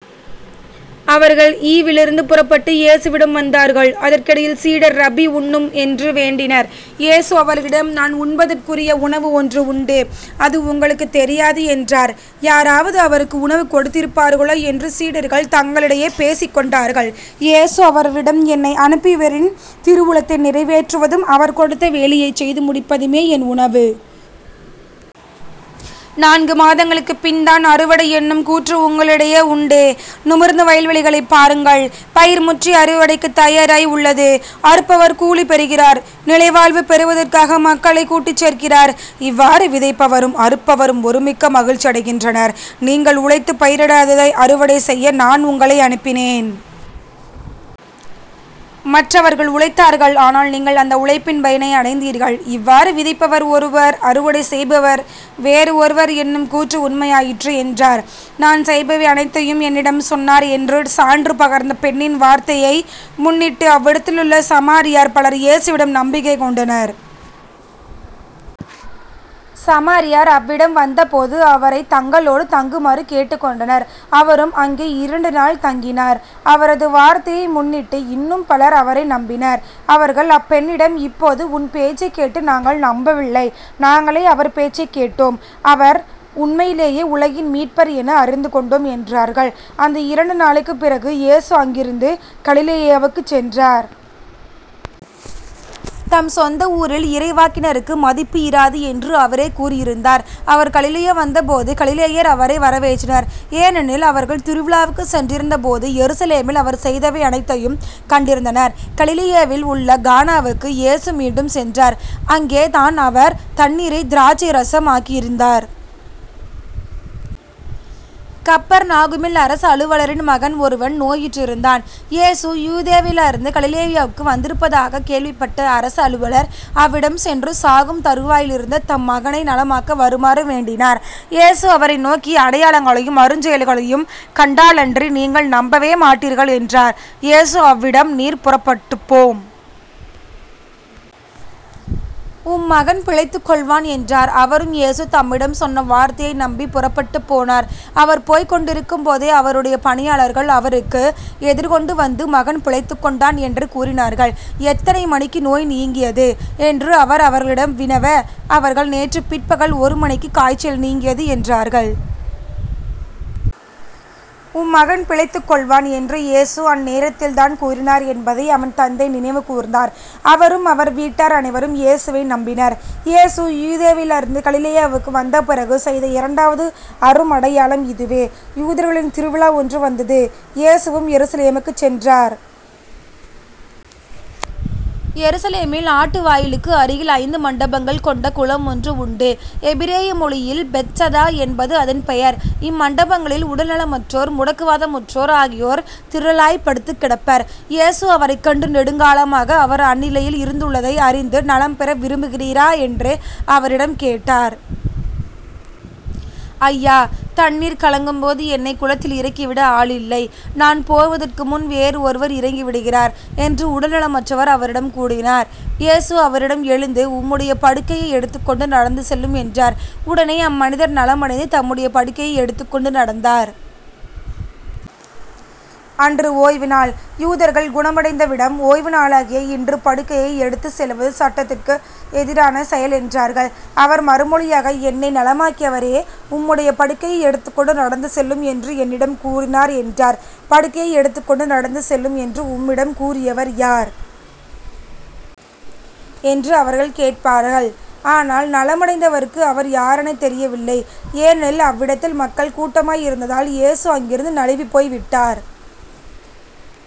அவர்கள் இலிருந்து புறப்பட்டு இயேசுவிடம் வந்தார்கள். அதற்கிடையில் சீடர் ரபி உண்ணும் என்று வேண்டினர். இயேசு அவர்களிடம் நான் உண்பதற்குரிய உணவு ஒன்று உண்டு. அது உங்களுக்குத் தெரியாது என்றார். யாராவது அவருக்கு உணவு கொடுத்திருப்பார்களோ என்று சீடர்கள் தங்களிடையே பேசிக்கொண்டார்கள். இயேசு அவர்களிடம் என்னை அனுப்பியவரின் திருவுளத்தை நிறைவேற்றுவதும் அவர் கொடுத்த வேலையைச் செய்து முடிப்பதுமே என் உணவு. நான்கு மாதங்களுக்குப் பின்தான் அறுவடை என்னும் கூற்று உங்களிடையே உண்டே. நிமிர்ந்து வயல்வெளிகளைப் பாருங்கள். பயிர் முற்றி அறுவடைக்குத் தயாராய் உள்ளது. அறுப்பவர் கூலி பெறுகிறார் நிலைவாழ்வு பெறுவதற்காக மக்களைக் கூட்டிச் சேர்க்கிறார். இவ்வாறு விதைப்பவரும் அறுப்பவரும் ஒருமிக்க மகிழ்ச்சியடைகின்றனர். நீங்கள் உழைத்துப் பயிரிடாததை அறுவடை செய்ய நான் உங்களை அனுப்பினேன். மற்றவர்கள் உழைத்தார்கள் ஆனால் நீங்கள் அந்த உழைப்பின் பயனை அடைந்தீர்கள். இவ்வாறு விதைப்பவர் ஒருவர் அறுவடை செய்பவர் வேறு ஒருவர் என்னும் கூற்று உண்மையாயிற்று என்றார். நான் செய்பவை அனைத்தையும் என்னிடம் சொன்னார் என்று சான்று பகர்ந்த பெண்ணின் வார்த்தையை முன்னிட்டு அவ்விடத்திலுள்ள சமாரியர் பலர் இயேசுவிடம் நம்பிக்கை கொண்டனர். சமாரியர் அவ்விடம் வந்தபோது அவரைத் தங்களோடு தங்குமாறு கேட்டுக்கொண்டனர். அவரும் அங்கே இரண்டு நாள் தங்கினார். அவரது வார்த்தையை முன்னிட்டு இன்னும் பலர் அவரை நம்பினர். அவர்கள் அப்பெண்ணிடம் இப்போது உன் பேச்சைக் கேட்டு நாங்கள் நம்பவில்லை நாங்களே அவர் பேச்சைக் கேட்டோம். ஆவர் உண்மையிலே உலகின் மீட்பர் என அறிந்து கொண்டோம் என்றார்கள் அந்த இரண்டு நாளுக்கு பிறகு இயேசு அங்கிருந்து கலிலேயாவுக்குச் சென்றார். தம் சொந்த ஊரில் இறைவாக்கினருக்கு மதிப்பு இராது என்று அவரே கூறியிருந்தார். அவர் கலிலேயா வந்தபோது கலிலேயர் அவரை வரவேற்றனர். ஏனெனில் அவர்கள் திருவிழாவுக்குச் சென்றிருந்த போது எருசலேமில் அவர் செய்தவை அனைத்தையும் கண்டிருந்தனர். கலிலேயாவில் உள்ள கானாவுக்கு இயேசு மீண்டும் சென்றார். அங்கே தான் அவர் தண்ணீரைத் திராட்சை இரசம் ஆக்கியிருந்தார். கப்பர்நாகுமில் அரச அலுவலரின் மகன் ஒருவன் நோயுற்றிருந்தான். இயேசு யூதேயாவிலிருந்து கலிலேயாவுக்கு வந்திருப்பதாகக் கேள்விப்பட்ட அரச அலுவலர் அவ்விடம் சென்று சாகும் தறுவாயிலிருந்த தம் மகனை நலமாக்க வருமாறு வேண்டினார். இயேசு அவரை நோக்கி அடையாளங்களையும் அருஞ்செயல்களையும் கண்டாலன்றி நீங்கள் நம்பவே மாட்டீர்கள். என்றார். இயேசு அவ்விடம் நீர் புறப்பட்டுப்போம். உம் மகன் பிழைத்துக் கொள்வான் என்றார். அவரும் இயேசு தம்மிடம் சொன்ன வார்த்தையை நம்பிப் புறப்பட்டுப் போனார். அவர் போய்க் கொண்டிருக்கும் போதே அவருடைய பணியாளர்கள் அவருக்கு எதிர்கொண்டுவந்து மகன் பிழைத்துக் கொண்டான் என்று கூறினார்கள். எத்தனை மணிக்கு நோய் நீங்கியது? என்று அவர் அவர்களிடம் வினவ அவர்கள் நேற்றுப் பிற்பகல் ஒருமணிக்கு காய்ச்சல் நீங்கியது என்றார்கள். உம் மகன் பிழைத்துக் கொள்வான் என்று இயேசு அந்நேரத்தில்தான் கூறினார் என்பதை அவன் தந்தை நினைவுகூர்ந்தார். அவரும் அவர் வீட்டார் அனைவரும் இயேசுவை நம்பினர். இயேசு யூதேயாவிலிருந்து கலிலேயாவுக்கு வந்தபிறகு செய்த இரண்டாவது அரும் அடையாளம் இதுவே. யூதர்களின் திருவிழா ஒன்று வந்தது. இயேசுவும் எருசலேமுக்குச் சென்றார். எருசலேமில் ஆட்டு வாயிலுக்கு அருகில் ஐந்து மண்டபங்கள் கொண்ட குளம் ஒன்று உண்டு. எபிரேய மொழியில் பெத்சதா என்பது அதன் பெயர். இம்மண்டபங்களில் உடல்நலமற்றோர் முடக்குவாதமுற்றோர் ஆகியோர் திரளாய்ப்படுத்துக்கிடப்பர். இயேசு அவரைக் கண்டு நெடுங்காலமாக அவர் அந்நிலையில் இருந்துள்ளதை அறிந்துநலம்பெற விரும்புகிறீரா? என்று அவரிடம் கேட்டார். ஐயா தண்ணீர் கலங்கும் போது என்னைக் குளத்தில் இறக்கிவிட ஆள் இல்லை. நான் போவதற்கு முன் வேறு ஒருவர் இறங்கிவிடுகிறார் என்று உடல் நலமற்றவர் அவரிடம் கூறினார். இயேசு அவரிடம் எழுந்து உம்முடைய படுக்கையை எடுத்துக் கொண்டு நடந்து செல்லும் என்றார். உடனே அம்மனிதர் நலமடைந்து தம்முடைய படுக்கையை எடுத்துக் கொண்டு நடந்தார். அன்று ஓய்வு நாள். யூதர்கள் குணமடைந்தவிடம் ஓய்வு நாளாகிய இன்று படுக்கையை எடுத்துச் செல்வது சட்டத்திற்கு எதிரான செயல் என்றார்கள். அவர் மறுமொழியாக என்னை நலமாக்கியவரே உம்முடைய படுக்கையை எடுத்துக்கொண்டு நடந்துசெல்லும் என்று என்னிடம் கூறினார் என்றார். படுக்கையை எடுத்துக் கொண்டு நடந்து செல்லும் என்று உம்மிடம் கூறியவர் யார்? என்று அவர்கள் கேட்டார்கள். ஆனால் நலமடைந்தவருக்கு அவர் யாரெனத் தெரியவில்லை. ஏனெனில் அவ்விடத்தில் மக்கள் கூட்டமாய் இருந்ததால் இயேசு அங்கிருந்து நழுவிப் போய் விட்டார்.